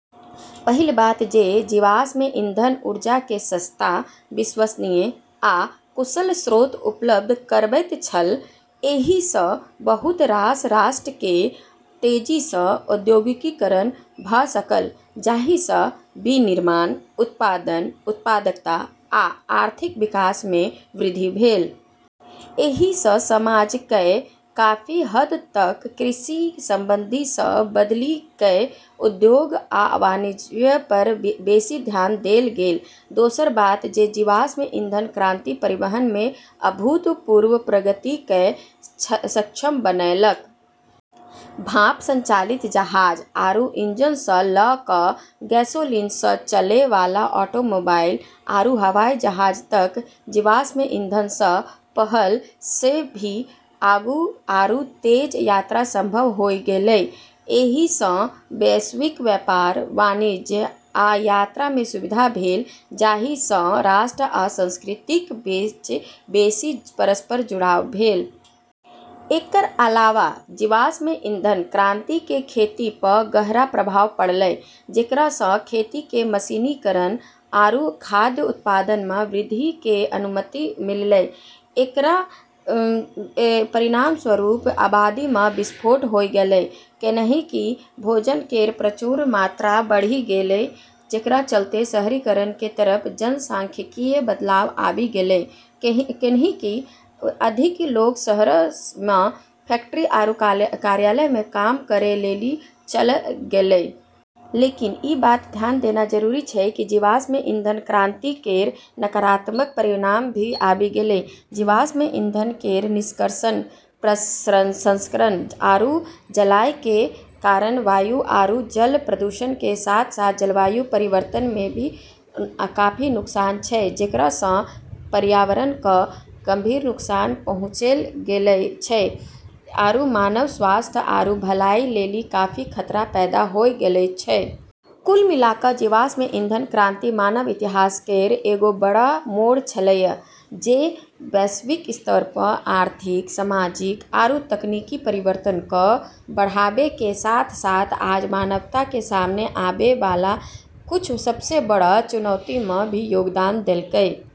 पहिल बात जे जीवाश्म ईंधन ऊर्जा के सस्ता, विश्वसनीय आ कुशल स्रोत उपलब्ध करबैत छल. एहि स बहुत रास राष्ट्र क तेजी स औद्योगीकरण भ सकल, जाहि स विनिर्माण उत्पादन, उत्पादकता आ आर्थिक विकास मे वृद्धि भेल। एहि स समाज कए काफी हद तक कृषि संबंधी स बदलि कए उद्योग आ वाणिज्य पर बेसी ध्यान देल गेल। दोसर बात जे जीवाश्म ईंधन क्रांति परिवहन मे अभूतपूर्व प्रगति कए सक्षम बनेलक। भाप संचालित जहाज आरू इंजन स॑ ल॑ क॑ गैसोलीन स॑ चलै वाला ऑटोमोबाइल आरू हवाई जहाज तक जीवाश्म ईंधन स॑ पहल॑ स॑ भी आगू आरू तेज यात्रा संभव होय गेलै। एहि सँ वैश्विक व्यापार, वाणिज्य आ यात्रा मे सुविधा भेल, जाहि सँ राष्ट्र आ संस्कृतिक बीच बेसी परस्पर जुड़ाव भेल। एकरऽ अलावा जीवाश्म ईंधन क्रांति के खेती प॑ गहरा प्रभाव पड़लै, जेकरा स॑ खेती के मशीनीकरण आरू खाद्य उत्पादन म॑ वृद्धि के अनुमति मिललै। एकरऽ परिणामस्वरूप आबादी म॑ विस्फोट होय गेलै, कैन्हेंकि भोजन केरऽ प्रचुरता बढ़ी गेलै, जेकरा चलतें शहरीकरण के तरफ जनसांख्यिकीय बदलाव आबी गेलै, कैन्हेंकि अधिक लोग शहरऽ म॑ फैक्ट्री आरू कार्यालय म॑ काम करै लेली चल्लऽ गेलै। लेकिन ई बात ध्यान देना जरूरी छै कि जीवाश्म ईंधन क्रांति केरऽ नकारात्मक परिणाम भी आबी गेलै। जीवाश्म ईंधन केरऽ निष्कर्षण, प्रसंस्करण आरू जलाय के कारण वायु आरू जल प्रदूषण के साथ-साथ जलवायु परिवर्तन म॑ भी काफी योगदान छै, जेकरा स॑ पर्यावरण क॑ गंभीर नुकसान पहुँचैलऽ गेलऽ छै आरू मानव स्वास्थ्य आरू भलाई लेली काफी खतरा पैदा होय गेलऽ छै। कुल मिला क॑ जीवाश्म ईंधन क्रांति मानव इतिहास केरऽ एगो बड़ऽ मोड़ छेलै, जे वैश्विक स्तर प॑ आर्थिक, सामाजिक, आरू तकनीकी परिवर्तन क॑ बढ़ाबै के साथ-साथ आज मानवता के सामने आबै वाला कुछ सबसें बड़ऽ चुनौती म॑ भी योगदान देलकै।